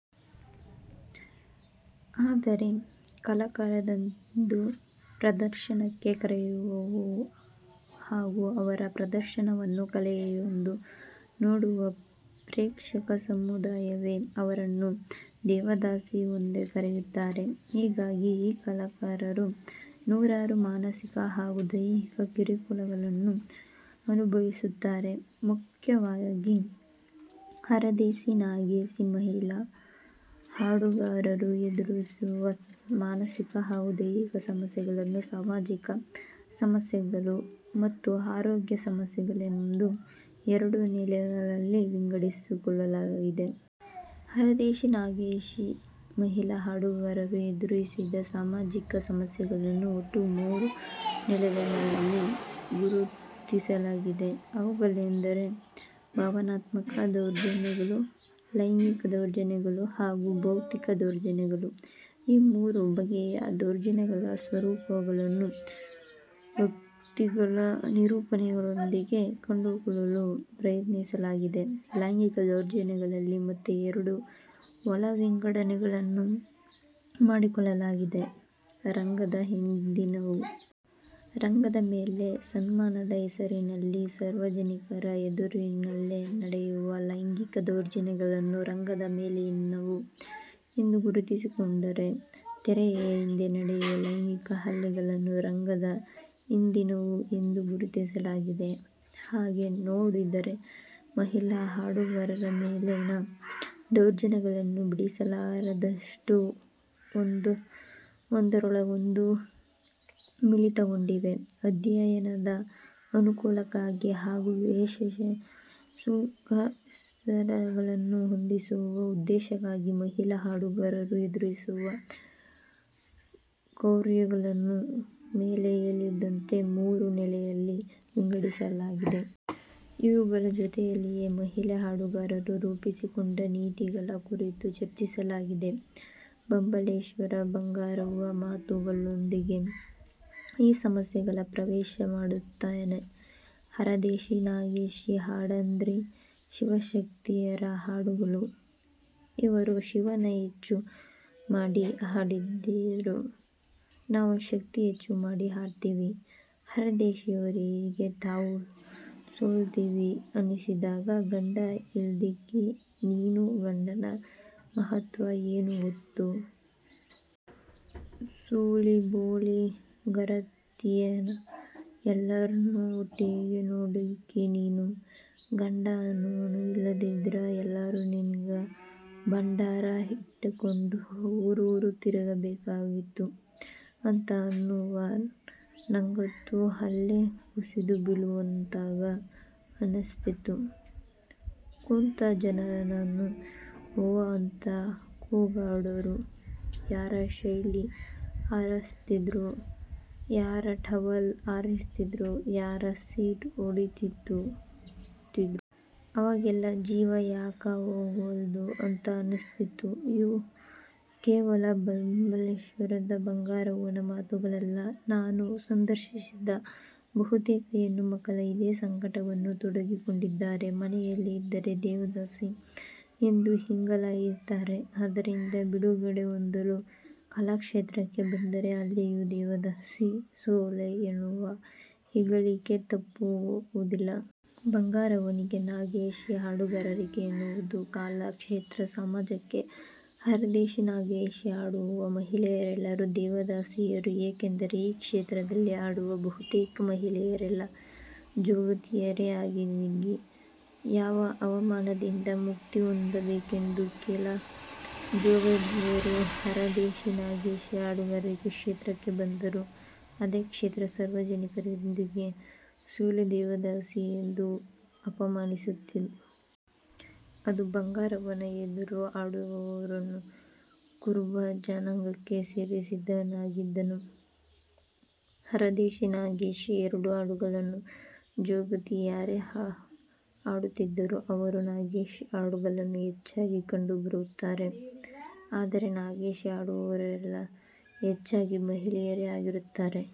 ಆದರೆ ಕಲಾಕಾರರೆಂದು ಪ್ರದರ್ಶನಕ್ಕೆ ಕರೆಯುವ ಹಾಗೂ ಅವರ ಪ್ರದರ್ಶನವನ್ನು ಕಲೆಯೆಂದು ನೋಡುವ ಪ್ರೇಕ್ಷಕ ಸಮುದಾಯವೇ ಅವರನ್ನು 'ದೇವದಾಸಿ'ಯೆಂದು ಕರೆಯುತ್ತದೆ. ಹೀಗಾಗಿ ಈ ಕಲಾಕಾರರು ನೂರಾರು ಮಾನಸಿಕ ಹಾಗೂ ದೈಹಿಕ ಕಿರಿ-ಕಿರಿಗಳನ್ನು ಅನುಭವಿಸುತ್ತಾರೆ. ಮುಖ್ಯವಾಗಿ ಹರದೇಶಿ-ನಾಗೇಶಿ ಮಹಿಳಾ ಹಾಡುಗಾರರು ಎದುರಿಸುವ ಮಾನಸಿಕ ಹಾಗೂ ದೈಹಿಕ ಸಮಸ್ಯೆಗಳನ್ನು ಸಾಮಾಜಿಕ ಸಮಸ್ಯೆಗಳು ಮತ್ತು ಆರೋಗ್ಯ ಸಮಸ್ಯೆಗಳೆಂದು ಎರಡು ನೆಲೆಗಳಲ್ಲಿ ವಿಂಗಡಿಸಿಕೊಳ್ಳಲಾಗಿದೆ. ಹರದೇಶಿ-ನಾಗೇಶಿ ಮಹಿಳಾ ಹಾಡುಗಾರರು ಎದುರಿಸಿದ ಸಾಮಾಜಿಕ ಸಮಸ್ಯೆಗಳನ್ನು ಒಟ್ಟು ಮೂರು ನೆಲೆಗಳಲ್ಲಿ ಗುರುತಿಸಲಾಗಿದೆ. ಅವುಗಳೆಂದರೆ ಭಾವನಾತ್ಮಕ ದೌರ್ಜನ್ಯಗಳು, ಲೈಂಗಿಕ ದೌರ್ಜನ್ಯಗಳು ಹಾಗೂ ಬೌದ್ಧಿಕ ದೌರ್ಜನ್ಯಗಳು. ಈ ಮೂರು ಬಗೆಯ ದೌರ್ಜನ್ಯಗಳ ಸ್ವರೂಪಗಳನ್ನು ವಕ್ತೃಗಳ ನಿರೂಪಣೆಗಳೊಂದಿಗೆ ಕಂಡುಕೊಳ್ಳಲು ಪ್ರಯತ್ನಿಸಲಾಗಿದೆ. ಲೈಂಗಿಕ ದೌರ್ಜನ್ಯಗಳಲ್ಲಿ ಮತ್ತೆ ಎರಡು ಒಳ ವಿಂಗಡಣೆಗಳನ್ನು ಮಾಡಿಕೊಳ್ಳಲಾಗಿದೆ: ರಂಗದ ಹಿಂದಿನವು. ರಂಗದ ಮೇಲೆ ಸನ್ಮಾನದ ಹೆಸರಿನಲ್ಲಿ ಸಾರ್ವಜನಿಕರ ಎದುರಿನಲ್ಲಿ ನಡೆಯುವ ಲೈಂಗಿಕ ದೌರ್ಜನ್ಯಗಳನ್ನು ರಂಗದ ಮೇಲಿನವು ಎಂದು ಗುರುತಿಸಿಕೊಂಡರೆ, ತೆರೆಯ ಹಿಂದೆ ನಡೆಯುವ ಲೈಂಗಿಕ ಹಲ್ಲೆಗಳನ್ನು ರಂಗದ ಹಿಂದನವು ಎಂದು ಗುರುತಿಸಲಾಗಿದೆ. ಹಾಗೆ ನೋಡಿದರೆ ಮಹಿಳಾ ಹಾಡುಗಾರರ ಮೇಲಿನ ದೌರ್ಜನ್ಯಗಳು ಬಿಡಸಲಾರದಷ್ಟು ಒಂದರೊಳಗೊಂದು ಮಿಳಿತಗೊಂಡಿವೆ. ಅಧ್ಯಯನದ ಅನುಕೂಲಕ್ಕಾಗಿ ಹಾಗೂ ಶೋಷಣೆಯ ಸೂಕ್ಷ್ಮ ಸ್ತರಗಳನ್ನು ಶೋಧಿಸುವ ಉದ್ದೇಶಕ್ಕಾಗಿ ಮಹಿಳಾ ಹಾಡುಗಾರರು ಎದುರಿಸುವ ಕ್ರೌರ್ಯಗಳನ್ನು ಮೇಲೆ ಹೇಳಿದಂತೆ ಮೂರು ನೆಲೆಗಳಲ್ಲಿ ವಿಂಗಡಿಸಿಕೊಳ್ಳಲಾಗಿದೆ. ಇವುಗಳ ಜೊತೆಯಲ್ಲಿಯೇ ಮಹಿಳಾ ಹಾಡುಗಾರರು ರೂಪಿಸಿಕೊಂಡ ನೀತಿಗಳ ಕುರಿತು ಚರ್ಚಿಸಲಾಗಿದೆ. ಬಬಲೇಶ್ವರದ ಬಂಗಾರವ್ವನ ಮಾತುಗಳೊಂದಿಗೆ ಈ ಸಮಸ್ಯೆಗಳ ಪ್ರವೇಶ ಮಾಡುತ್ತೇನೆ. "ಹರದೇಶಿ-ನಾಗೇಶಿ ಹಾಡಂದ್ರ ಶಿವ-ಶಕ್ತಿಯರ ಹಾಡುಗಳು, ಅವರು ಶಿವನ ಹೆಚ್ಚು ಮಾಡಿ ಹಾಡಿದ್ರ, ನಾವು ಶಕ್ತಿ ಹೆಚ್ಚ ಮಾಡಿ ಹಾಡ್ತೇವಿ. ಹರದೇಶಿಯವರಿಗೆ ತಾವು ಸೋಲ್ತೀವಿ ಅನಿಸಿದಾಗ 'ಗಂಡ ಇಲ್ದಾಕಿ ನೀನು, ಗಂಡನ್ನ ಮಹತ್ವ ಏನು ಗೊತ್ತು? ಸೂಳಿ-ಬೋಳೀ-ಗರತ್ಯಾರ್ನ ಎಲ್ಲಾರ್ನೂ ಒಟ್ಟಿಗೆ ನೋಡಕಿ ನೀನು. ಗಂಡ ಅನ್ನುವನು ಇಲ್ಲದಿದ್ರ ಎಲ್ಲರೂ ನಿನ್ನಂಗ ಭಂಡಾರ ಇಟಕೊಂಡು ಊರೂರು ತಿರಗಬೇಕಾಗ್ತಿತ್ತು'. ಅಂತ ಅನ್ನುವ್ರು. ನಂಗಂತೂ ಅಲ್ಲೆ ಕುಸಿದು ಬೀಳುವಂಗ ಅನಸ್ತಿತ್ತು. ಕುಂತ ಜನಾನೂ ಹೋ ಅಂತ ಕೂಗಾಡೋರು. ಯಾರ ಶೆಲ್ಲೆ ಹಾರಸ್ತಿದ್ರು? ಯಾರ ಟವಲ್ಲ ಹಾರಿಸ್ತಿದ್ರು? ಯಾರ ಸೀಟಿ ಹೊಡಿತಿದ್ರು? ಅವಾಗೆಲ್ಲಾ ಜೀವ ಯಾಕ ಹೋಗವಲ್ತು ಅಂತ ಅನಸ್ತಿತ್ತು" ಇವು ಕೇವಲ ಬಬಲೇಶ್ವರದ ಬಂಗಾರವ್ವನ ಮಾತುಗಳಲ್ಲ. ನಾನು ಸಂದರ್ಶಿಸಿದ ಬಹುತೇಕ ಹೆಣ್ಣು ಮಕ್ಕಳು ಇದೇ ಸಂಕಟವನ್ನು ತೋಡಿಕೊಂಡಿದ್ದಾರೆ. ಮನೆಯಲ್ಲಿ ಇದ್ದರೆ 'ದೇವದಾಸಿ' ಎಂದು ಹೀಗಳೆಯುತ್ತಾರೆ. ಅದರಿಂದ ಬಿಡುಗಡೆ ಹೊಂದಲು ಕಲಾ ಕ್ಷೇತ್ರಕ್ಕೆ ಬಂದರೆ ಅಲ್ಲಿಯೂ 'ದೇವದಾಸಿ', 'ಸೂಳೆ' ಎನ್ನುವ ಹೀಗಳಿಕೆ ತಪ್ಪುವುದಿಲ್ಲ. ಬಂಗಾರವ್ವನಿಗೆ ನಾಗೇಶಿ ಹಾಡುಗಾರಿಕೆ ಎನ್ನುವುದು ಕಲಾ ಕ್ಷೇತ್ರ, ಸಮಾಜಕ್ಕೆ ಹರದೇಶಿ-ನಾಗೇಶಿ ಹಾಡುವ ಮಹಿಳೆಯರೆಲ್ಲ 'ದೇವದಾಸಿಯರು', ಯಾಕೆಂದರೆ ಈ ಕ್ಷೇತ್ರದಲ್ಲಿ ಹಾಡುವ ಬಹುತೇಕ ಮಹಿಳೆಯರೆಲ್ಲ 'ಜೋಗತಿ'ಯರೇ. ಹೀಗಾಗಿ ಯಾವ ಅವಮಾನದಿಂದ ಮುಕ್ತಿ ಹೊಂದಬೇಕೆಂದು ಕೆಲ 'ಜೋಗತಿಯರು' ಹರದೇಶಿ-ನಾಗೇಶಿ ಹಾಡುಗಾರಿಕೆಯ ಕ್ಷೇತ್ರಕ್ಕೆ ಬಂದರೋ, ಅದೇ ಕ್ಷೇತ್ರ ಸಾರ್ವಜನಿಕರೆದುರಿಗೆ 'ಸೂಳೆ' 'ದೇವದಾಸಿ'ಯೆಂದು ಅಪಮಾನಿಸಿತು. ಅಂದು ಬಂಗಾರೆವ್ವನ ಎದರು ಹಾಡಿದವನು ಕುರುಬ ಜನಾಂಗಕ್ಕೆ ಸೇರದವನಾಗಿದ್ದನು. ಹರದೇಶಿ-ನಾಗೇಶಿ ಎರಡೂ ಹಾಡುಗಳನ್ನು 'ಜೋಗತಿ'ಯರೇ ಹಾಡುತ್ತಿದ್ದರೂ ಅವರು ನಾಗೇಶಿ ಹಾಡುಗಳಲ್ಲಿ ಹೆಚ್ಚಾಗಿ ಕಂಡುಬರುತ್ತಾರೆ. ಅಂದರೆ ನಾಗೇಶಿ ಹಾಡುವವರೆಲ್ಲ ಹೆಚ್ಚಾಗಿ ಮಹಿಳೆಯರೇ ಆಗಿರುತ್ತಾರೆ.